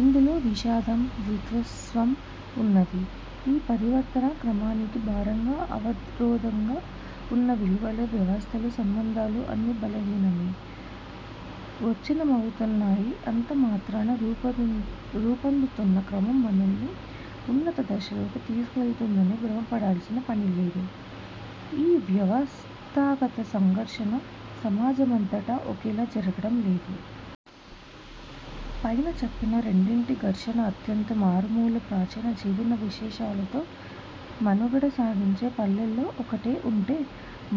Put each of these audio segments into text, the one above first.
ఇందులో విషాదం, విధ్వంసం ఉన్నది. ఈ పరివర్తనా క్రమానికి భారంగా, అవరోధంగా ఉన్న విలువలు, వ్యవస్థలు, సంబంధాలు అన్నీ బలహీనమే, విచ్ఛిన్నమవుతున్నాయి. అంతమాత్రాన రూపొందుతున్న క్రమం మనల్ని ఉన్నత దశలోకి తీసికెళ్తుందని భ్రమపడాల్సిన పని లేదు. ఈ వ్యవస్థాగత సంఘర్షణ సమాజమంతటా ఒకేలా జరగడం లేదు. పైన చెప్పిన రెండింటి ఘర్షణ అత్యంత మారుమూల, ప్రాచీన జీవన విశేషాలతో మనుగడ సాగించే పల్లెల్లో ఒకలా ఉంటే,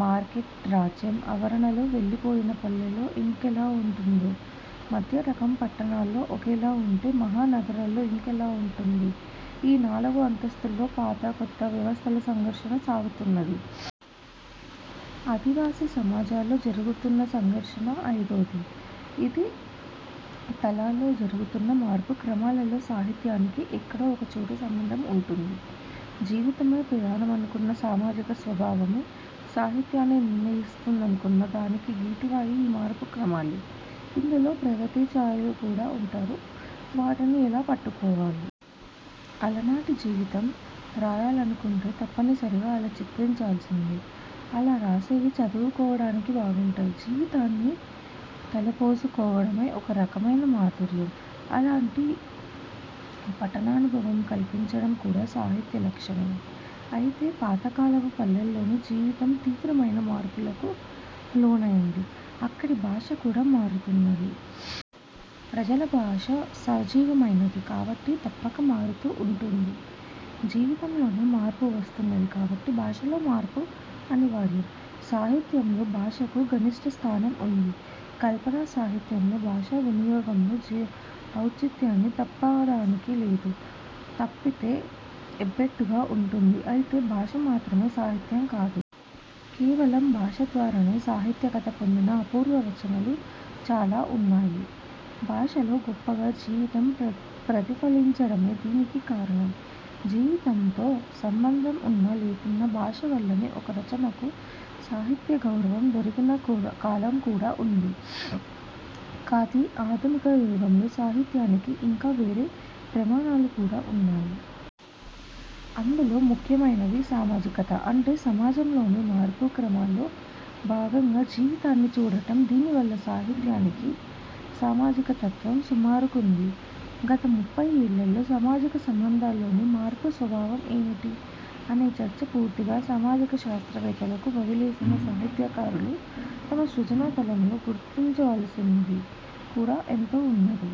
మార్కెట్, రాజ్యం ఆవరణలోకి వెళ్లిపోయిన పల్లెల్లో ఇంకోలా ఉంటున్నది. మధ్య రకం పట్టణాల్లో ఒకలాగా ఉంటే, మహా నగరాల్లో ఇంకోలా ఉంటున్నది. ఈ నాలుగు అంతస్థుల్లో పాత, కొత్త వ్యవస్థల సంఘర్షణ సాగుతున్నది. ఆదివాసీ సమాజాల్లో జరుగుతున్న సంఘర్షణ ఐదోది. ఇది తలాల్లో జరుగుతున్న మార్పు క్రమాలతో సాహిత్యానికి ఎక్కడో ఒక చోట సంబంధం ఉంటుంది. జీవితమే ప్రమాణమనుకున్నా, సామాజిక స్వభావమే సాహిత్యాన్ని నిర్ణయిస్తుందనుకున్నా, దానికి గీటురాయి ఈ మార్పు క్రమాలే. ఇందులో ప్రగతి ఛాయలు కూడా ఉంటాయి. వాటిని ఎలా పట్టుకోవాలి? అలనాటి జీవితం రాయాలనుకుంటే తప్పనిసరిగా అలా చిత్రించాల్సిందే. అలా రాసేవి చదువుకోడానికి బాగుంటాయి. జీవితాన్ని తలపోసుకోవడమే ఒక రకమైన మాధుర్యం. అలాంటి పఠనానుభవం కల్గించడం కూడా సాహిత్య లక్షణమే. అయితే పాత కాలపు పల్లెల్లోని జీవితం తీవ్రమైన మార్పులకు లోనైంది. అక్కడి భాష కూడా మారుతున్నది. ప్రజల భాష సజీవమైనది కాబట్టి తప్పక మారుతూ ఉంటుంది. జీవితంలోనే మార్పు వస్తున్నది కాబట్టి భాషలో మార్పు అనివార్యం. సాహిత్యంలో భాషకు గరిష్ఠ స్థానం ఉంది. కల్పనా సాహిత్యంలో భాషా వినియోగంలోని ఔచిత్యాన్ని తప్పడానికి లేదు. తప్పితే ఎబ్బెట్టుగా ఉంటుంది. అయితే భాష మాత్రమే సాహిత్యం కాదు. కేవలం భాష ద్వారానే సాహిత్యకత పొందిన అపూర్వ రచనలు చాలా ఉన్నాయి. భాషలో గొప్పగా జీవితం ప్రతిఫలించడమే దీనికి కారణం. జీవితంతో సంబంధం ఉన్నా లేకున్నా భాష వల్లనే ఒక రచనకు సాహిత్య గౌరవం దొరికిన కాలం కూడా ఉంది. కానీ ఆధునిక యుగంలో సాహిత్యానికి ఇంకా వేరే ప్రమాణాలు కూడా ఉన్నాయి. అందులో ముఖ్యమైనది సామాజికత. అంటే సమాజంలోని మార్పు క్రమాల్లో భాగంగా జీవితాన్ని చూడటం. దీని వల్ల సాహిత్యానికి సామాజికతత్వం సమకూరింది. గత ముప్పై ఏళ్లలో సామాజిక సంబంధాల్లోని మార్పు స్వభావం ఏమిటి? అనే చర్చ పూర్తిగా సామాజిక శాస్త్రవేత్తలకు వదిలేసినా సాహిత్యకారులు తమ సృజన తలంలో గుర్తించవలసింది కూడా ఎంతో ఉన్నది.